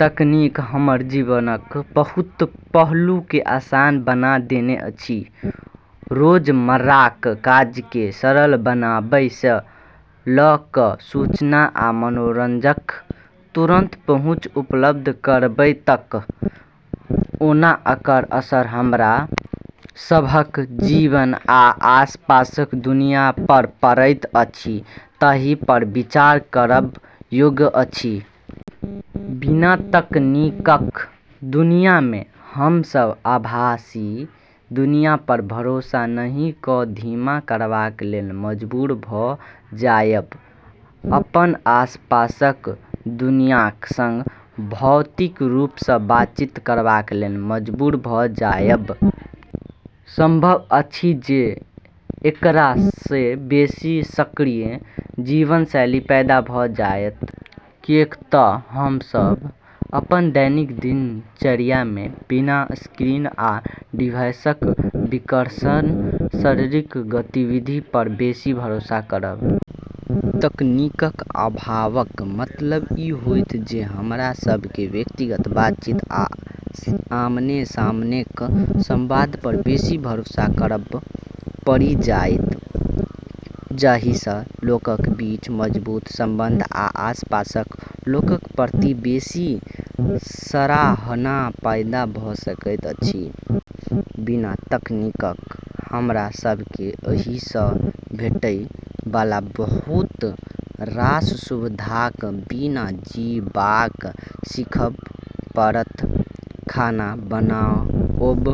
तकनीक हमर जीवनक बहुत पहलूकेँ आसान बना देने अछि, रोजमर्राक काजकेँ सरल बनाबै सँ लऽ कऽ सूचना आ मनोरंजनक तुरंत पहुँच उपलब्ध करबै तक। ओना एकर असर हमरा सभक जीवन आ आसपासक दुनिया पर पड़ैत अछि ताहि पर विचार करब योग्य अछि। बिना तकनीकक दुनिया मे हम सभ आभासी दुनिया पर भरोसा नहि कऽ धीमा करबा लेल मजबूर भऽ जायब, अपन आसपासक दुनियाक संग भौतिक रूप सँ बातचीत करबा लेल मजबूर भऽ जायब। संभव अछि जे एकरा सँ बेसी सक्रिय जीवनशैली पैदा भऽ जायत, कैएक तँ हम सभ अपन दैनिक दिनचर्या मे बिना स्क्रीन आ डिवाइसक विकर्षणक शारीरिक गतिविधि पर बेसी भरोसा करब। तकनीकक अभावक मतलब ई होइत जे हमरा सभकेँ व्यक्तिगत बातचीत आ आमने-सामनेक संवाद पर बेसी भरोसा करब पड़ि जायत, जाही सँ लोकक बीच मजबूत संबंध आ आसपासक लोकक प्रति बेसी सराहना पैदा भऽ सकैत अछि। बिना तकनीकक हमरा सभकेँ एहि सँ भेटै बला बहुत रास सुविधाक बिना जीबबाक सीखब पड़त। खाना बनाओब,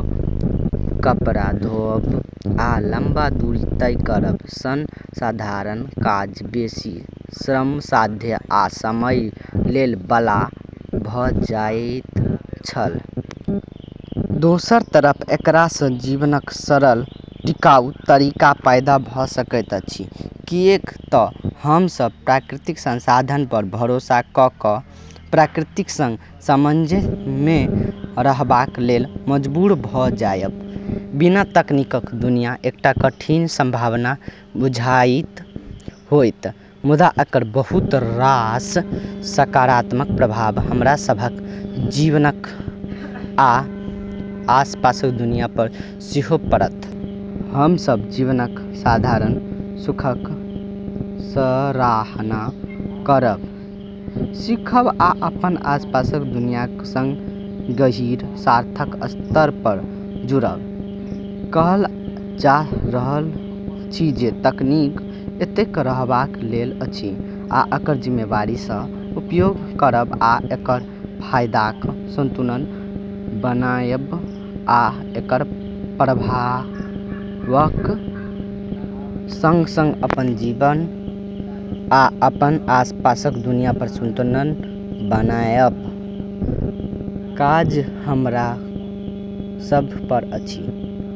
कपड़ा धोओब, आ लंबा दूरी तय करब सन साधारण काज बेसी श्रमसाध्य आ समय लै बला भऽ जाइत छल। दोसर तरफ एकरा सँ जीवनक सरल, टिकाऊ तरीका पैदा भऽ सकैत अछि, कैएक तँ हम सभ प्राकृतिक संसाधन पर भरोसा कऽ कऽ प्रकृतिक संग सामंजस्य मे रहबा लेल मजबूर भऽ जायब। बिना तकनीकक दुनिया एकटा कठिन संभावना बुझाइत होयत, मुदा एकर बहुत रास सकारात्मक प्रभाव हमरा सभक जीवन आ आसपासक दुनिया पर सेहो पड़त। हम सभ जीवनक साधारण सुखक सराहना करब सीखब आ अपन आसपासक दुनियाक संग गहींर, सार्थक स्तर पर जुड़ब। कहल जा रहल अछि जे तकनीक एतय रहबा लेल अछि, आ एकर जिम्मेदारी सँ उपयोग करब आ एकर फायदाक संतुलन बनाएब आ एकर प्रभावक संग-संग अपन जीवन आ अपन आसपासक दुनिया पर संतुलन बनाएबाक काज हमरा सभ पर अछि।